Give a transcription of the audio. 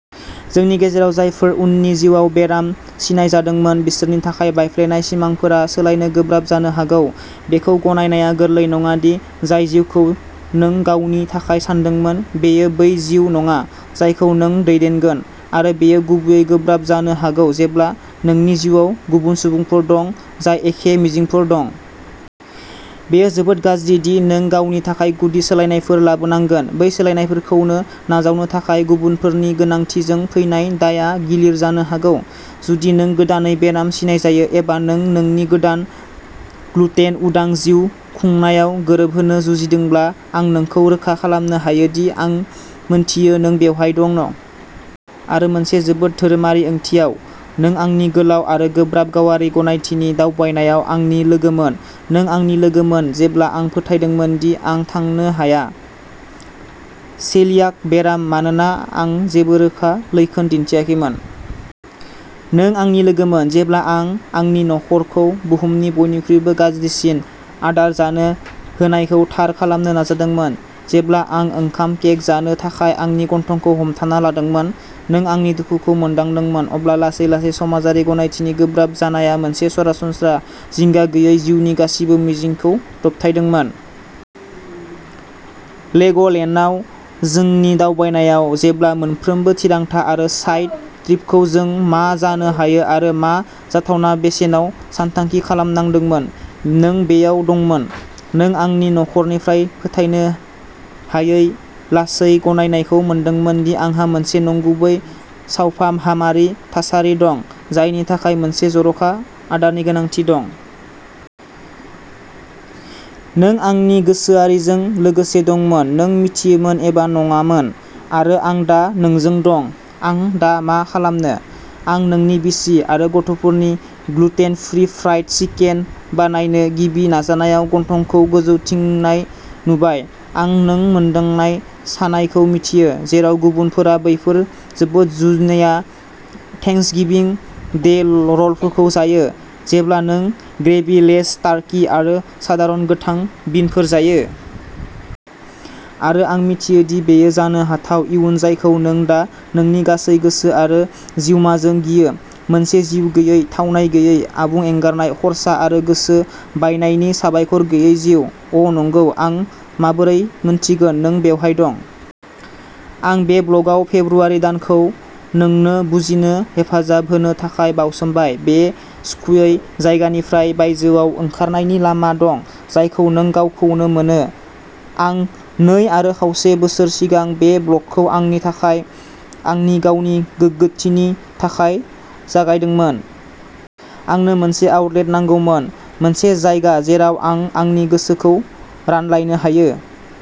जोंनि गेजेराव जायफोरा उननि जिउआव बेराम सिनायजादोंमोन, बिसोरनि थाखाय बायफ्लेनाय सिमांफोरा सोलायनो गोब्राब जानो हागौ। बेखौ गनायनाया गोरलै नङा दि जाय जिउखौ नों गावनि थाखाय सानदोंमोन, बेयो बै जिउ नङा जायखौ नों दैदेनगोन, आरो बेयो गुबैयै गोब्राब जानो हागौ जेब्ला नोंनि जिउआव गुबुन सुबुंफोर दं जाय एखे मिजिंफोर दं। बेयो जोबोद गाज्रि दि नों गावनि थाखाय गुदि सोलायनायफोर लाबोनांगोन; बै सोलायनायफोरखौ नाजावनो थाखाय गुबुनफोरनि गोनांथिजों फैनाय दायआ गिलिर जानो हागौ। जुदि नों गोदानै बेराम सिनायजायो एबा नों नोंनि गोदान ग्लुटेन-उदां जिउ खुंनायाव गोरोबहोनो जुजिदोंब्ला, आं नोंखौ रोखा खालामनो हायो दि आं मिन्थियो नों बबेहाय दं। आरो मोनसे जोबोद धोरोमारि ओंथियाव, नों आंनि गोलाव आरो गोब्राब गावारि गनायथिनि दावबायनायाव आंनि लोगोमोन। नों आंनि लोगोमोन जेब्ला आं फोथायदोंमोन दि आं थानो हाया। सेलियाक बेराम मानोना आं जेबो रोखा लैखोन दिन्थियाखैमोन। नों आंनि लोगोमोन जेब्ला आं आंनि नखरखौ बुहुमनि बयनिख्रुइबो गाज्रिसिन "आदार" जानो होनायखौ थार खालामनो नाजादोंमोन, जेब्ला आं ओंखाम केक जानो थाखाय आंनि गन्थंखौ हमथाना लादोंमोन। नों आंनि दुखुखौ मोनदांदोंमोन जेब्ला लासै-लासै समाजारि गनायथिनि गोब्राब जानाया मोनसे "सरासनस्रा" जिंगा गैयै जिउनि गासिबो मिजिंखौ दबथायदोंमोन। लेगो लेन्डआव जोंनि दावबायनायाव, जेब्ला मोनफ्रोमबो थिरांथा आरो साइड ट्रिपखौ जों मा जानो हायो आरो मा जाथावना बेसेनाव सानथांखि खालामनांदोंमोन, नों बैयाव दंमोन। नों आंनि नखरनिफ्राय फोथायनो हायै लासै गनायनायखौ मोनदांदोंमोन दि आंहा मोनसे "नंगुबै" सावफाहामारि थासारि दं जायनि थाखाय मोनसे जर'खा आदारनि गोनांथि दं। नों आंनि गोसोआरिजों लोगोसे दंमोन, नों मिथियोमोन एबा नङामोन। आरो आं दा नोंजों दं! "आं दा मा खालामनो?" आं नोंनि बिसि आरो गथ'फोरनि ग्लुटेन-फ्रि फ्राइड चिकेन बानायनो गिबि नाजानायाव गन्थंखौ गोजौथिंनाय नुबाय। आं नों मोन्दांनाय सानायखौ मिथियो, जेराव गुबुनफोरा बैफोर जोबोद जुनिया थेंक्सगिविं डे र'लफोरखौ जायो, जेब्ला नों ग्रेभि-लेस टार्कि आरो सादारन गोथां बिनफोर जायो। आरो आं मिथियो दि बेयो जानो हाथाव इयुन जायखौ नों दा नोंनि गासै गोसो आरो जिउमाजों गियो, मोनसे जिउ गैयै, थावनाय गैयै, आबुं एंगारनाय, खर्सा आरो गोसो बायनायनि साबायखर गैयै जिउ। अ'नंगौ, आं माबोरै मिन्थिगोन नों बबेहाय दं! आं बे ब्लगआव फेब्रुआरि दानखौ नोंनो बुजिनो हेफाजाब होनो थाखाय बावसोमबाय बे सुखुयै जायगानिफ्राय "बायजोआव" ओंखारनायनि लामा दं जायखौ नों गावखौनो मोनो। आं नै आरो खावसे बोसोर सिगां बे ब्लगखौ आंनि थाखाय, आंनि गावनि गोगोथिनि थाखाय जागायदोंमोन। आंनो मोनसे आउटलेट नांगौमोन, मोनसे जायगा जेराव आं आंनि गोसोखौ रानलायनो हायो।